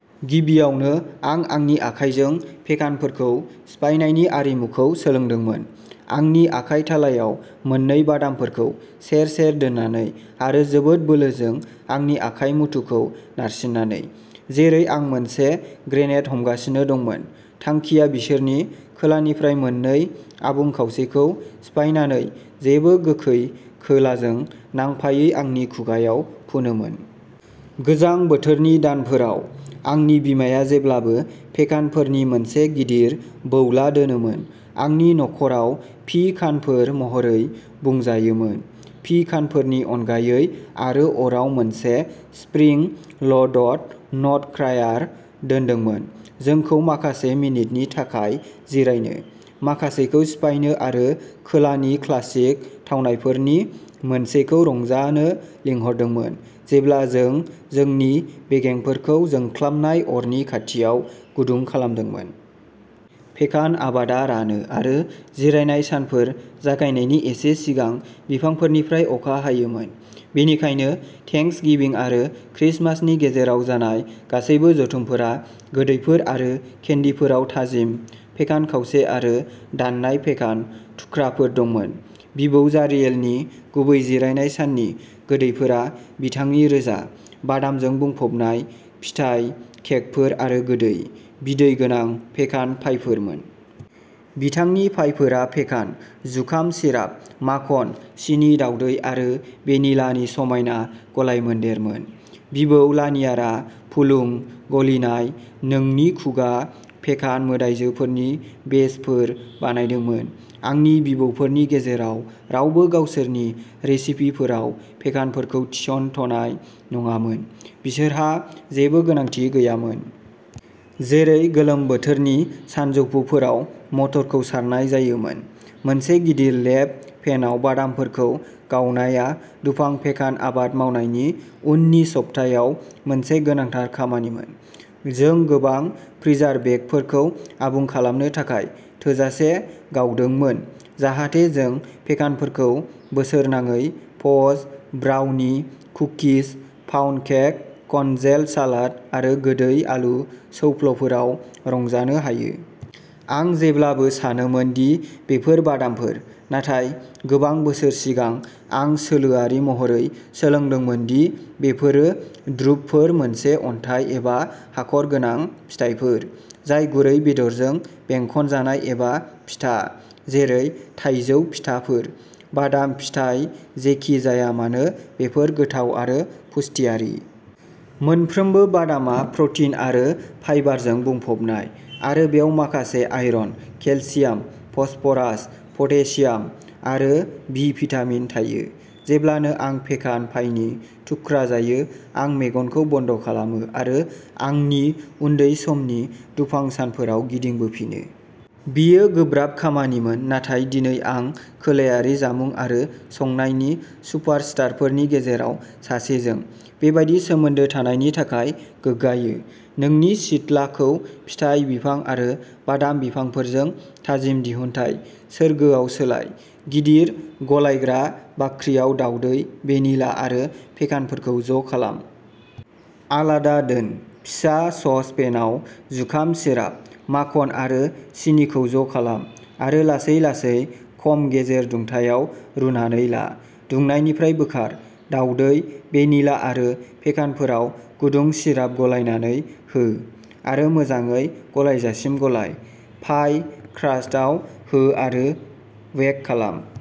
गिबियावनो आं आंनि आखाइजों पेकानफोरखौ सिफायनायनि आरिमुखौ सोलोंदोंमोन, आंनि आखाइ थालायाव मोननै बादामफोरखौ सेर-सेर दोननानै आरो जोबोद बोलोजों आंनि आखाइ मुथुखौ नारसिन्नानै, जेरै आं मोनसे ग्रेनेड हमगासिनो दंमोन। थांखिया बिसोरनि खोलानिफ्राय मोननै आबुं खावसेखौ सिफायनानै जेबो गोखै खोलाजों नांफायै आंनि खुगाआव फुनोमोन। गोजां बोथोरनि दानफोराव, आंनि बिमाया जेब्लाबो पेकानफोरनि मोनसे गिदिर बौला दोनोमोन। आंनि नखराव पि-कानफोर महरै बुंजायोमोन, पि-कानफोरनि अनगायै आरो अराव मोनसे स्प्रिं-ल'डड नटक्र्याकार दोनदोंमोन, जोंखौ माखासे मिनिटनि थाखाय जिरायनो, माखासेखौ सिफायनो आरो खोलानि क्लासिक थावनायफोरनि मोनसेखौ रंजानो लिंहरदोंमोन, जेब्ला जों जोंनि बेगेंफोरखौ जोंख्लाबनाय अरनि खाथियाव गुदुं खालामदोंमोन। पेकान आबादा रानो आरो जिरायनाय सानफोर जागायनायनि एसे सिगां बिफांफोरनिफ्राय अखा हायोमोन, बेनिखायनो थेंक्सगिविं आरो क्रिसमासनि गेजेराव जानाय गासैबो जथुमफोरा गोदैफोर आरो केन्डिफोराव थाजिम पेकान खावसे आरो दाननाय पेकान थुख्राफोर दंमोन। बिबौ जारियेलनि गुबै जिरायनाय साननि गोदैफोरा बिथांनि रोजा, बादामजों बुंफबनाय फिथाइ केकफोर आरो गोदै, बिदै गोनां पेकान पाइफोरमोन। बिथांनि पाइफोरा पेकान, जुखाम सिराप, माखन, सिनि, दावदै आरो भेनिलानि समायना गलायमोनदेरमोन। बिबौ लानियारआ फुलुं, गलिनाय नोंनि खुगा पेकान मोदायजोफोरनि बेचफोर बानायदोंमोन। आंनि बिबौफोरनि गेजेराव रावबो गावसोरनि रेसिपिफोराव पेकानफोरखौ सिनथ'नाय नङामोन बिसोरहा जेबो गोनांथि गैयामोन। जेरै गोलोम बोथोरनि सानजौफुफोराव मटरखौ सारनाय जायोमोन, मोनसे गिदिर लेप पेनआव बादामफोरखौ गावनाया दुफां पेकान आबाद मावनायनि उननि सप्तायाव मोनसे गोनांथार खामानिमोन। जों गोबां फ्रिजार बेगफोरखौ आबुं खालामनो थाखाय थोजासे गावदोंमोन जाहाथे जों पेकानफोरखौ बोसोरनाङै fudge, brownie, cookies, pound cake, congealed salad आरो गोदै आलु सौफ्लफोराव रंजानो हायो। आं जेब्लाबो सानोमोन दि बेफोर बादामफोर, नाथाय गोबां बोसोर सिगां, आं सोलोआरि महरै सोलोंदोंमोन दि बेफोरो द्रुपफोर मोनसे अन्थाइ एबा हाखर गोनां फिथाइफोर जाय गुरै बेदरजों बेंखनजानाय एबा फिथा, जेरै-थाइजौ फिथाफोर। बादाम, फिथाइ, जेखि जाया मानो, बेफोर गोथाव आरो पुष्टियारि। मोनफ्रोमबो बादामआ प्रटिन आरो फाइबारजों बुंफबनाय आरो बेयाव माखासे आयरन, केलसियाम, फस्फरास, पटेसियाम आरो बि भिटामिन थायो। जेब्लानो आं पेकान पाइनि थुख्रा जायो, आं मेगनखौ बन्द' खालामो आरो आंनि उन्दै समनि दुफां सानफोराव गिदिंबोफिनो। बेयो गोब्राब खामानिमोन नाथाय दिनै आं खोलायारि जामुं आरो संनायनि सुपारस्टारफोरनि गेजेराव सासेजों बेबादि सोमोन्दो थानायनि थाखाय गोग्गायो। नोंनि सिथ्लाखौ फिथाइ बिफां आरो बादाम बिफांफोरजों थाजिम दिहुनथाय सोरगोआव सोलाय। गिदिर गलायग्रा बाख्रियाव, दावदै, भेनिला आरो पेकानफोरखौ ज' खालाम। आलादा दोन। फिसा सस पेनआव जुखाम सिराप, माखन आरो सिनिखौ ज'खालाम आरो लासै-लासै खम-गेजेर दुंथायाव रुनानै ला। दुंनायनिफ्राय बोखार। दावदै, भेनिला आरो पेकानफोराव गुदुं सिराप गलायनानै हो, आरो मोजाङै गलायजासिम गलाय। पाइ क्रास्टआव हो आरो बेक खालाम।